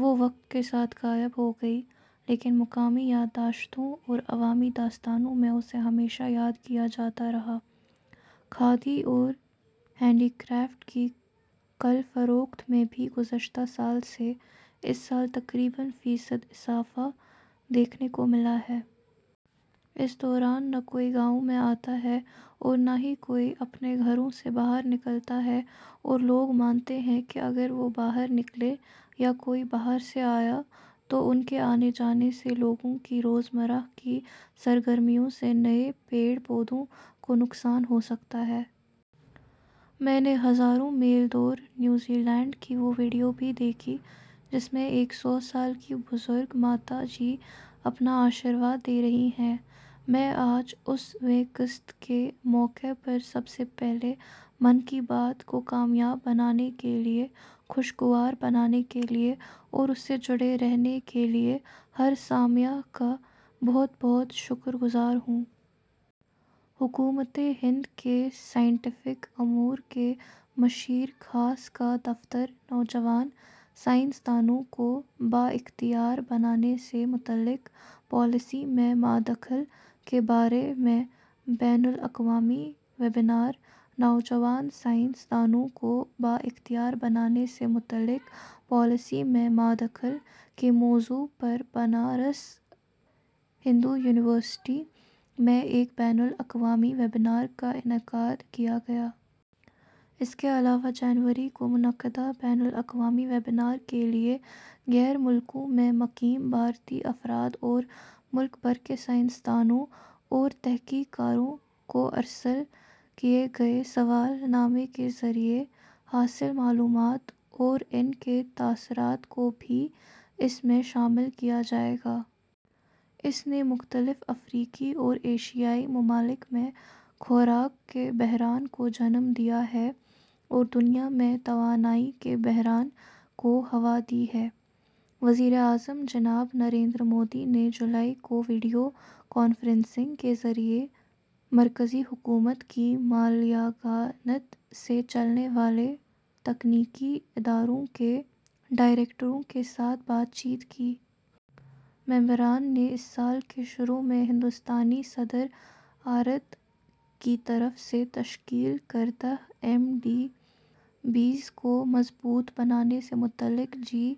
وہ وقت کے ساتھ غائب ہو گئی، لیکن مقامی یادداشتوں اور عوامی داستانوں میں اسے ہمیشہ یاد کیا جاتا رہا۔ کھادی اور ہینڈی کرافٹ کی کل فروخت میں بھی گذشتہ سال سے ، اس سال تقریباً فیصد اضافہ دیکھنے کو ملا ہے۔ اس دوران نہ کوئی گاؤں میں آتا ہے اور نہ ہی کوئی اپنے گھروں سے باہر نکلتا ہے اور لوگ مانتے ہیں کہ اگر وہ باہر نکلے یا کوئی باہر سے آیا تو ان کے آنے جانے سے لوگوں کی روز مرہ کی سرگرمیوں سے نئے پیڑ پودوں کو نقصان ہوسکتا ہے۔ میں نے ہزاروں میل دور نیوزی لینڈ کی وہ ویڈیو بھی دیکھی ، جس میں ایک سو سال کی بزرگ ماتا جی اپنا آشیرواد دے رہی ہیں۔ میں آج، اس ویں قسط کے موقع پر سب سے پہلے 'من کی بات' کو کامیاب بنانے کے لیے، خوشگوار بنانے کے لیے اور اس سے جڑے رہنے کے لیے ہر سامع کا بہت بہت شکر گزار ہوں،۔ حکومت ہند کے سائنٹفک امور کے مشیر خاص کا دفتر نوجوان سائنس دانوں کو بااختیاربنانے سے متعلق پالیسی میں مادخل کے بارے میں بین الاقوامی ویبنار ''نوجوان سائنس دانو ں کو بااختیاربنانے سے متعلق پالیسی میں مادخل '' کے موضوع پربنارس ہندویونیورسٹی میں ایک بین الاقوامی ویبنار کا انعقاد کیاگیا۔ اس کے علاوہ جنوری کو منعقدہ بین الاقوامی ویبنار کے لئے غیرملکوں میں مقیم بھارتی افراد اور ملک بھر کے سائنس دانوں اورتحقیق کاروں کو ارسال کئے گئے سوال نامے کے ذریعہ حاصل معلومات اوران کے تاثرات کو بھی اس میں شامل کیاجائے گا۔ اس نے مختلف افریقی اور ایشیائی ممالک میں خوراک کے بحران کو جنم دیا ہے اور دنیا میں توانائی کے بحران کو ہوا دی ہے۔ وزیر اعظم جناب نریندر مودی نے جولائی کو ویڈیو کانفرنسنگ کے ذریعے مرکزی حکومت کی مالیاعانت سے چلنے والے تکنیکی اداروں کے ڈائریکٹروں کے ساتھ بات چیت کی۔ ممبران نے اس سال کے شروع میں ہندوستانی صدر ارت کی طرف سے تشکیل کردہ ایم ڈی بیز کو مضبوط بنانے سے متعلق جی-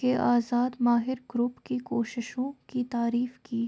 کے آزاد ماہر گروپ کی کوششوں کی تعریف کی۔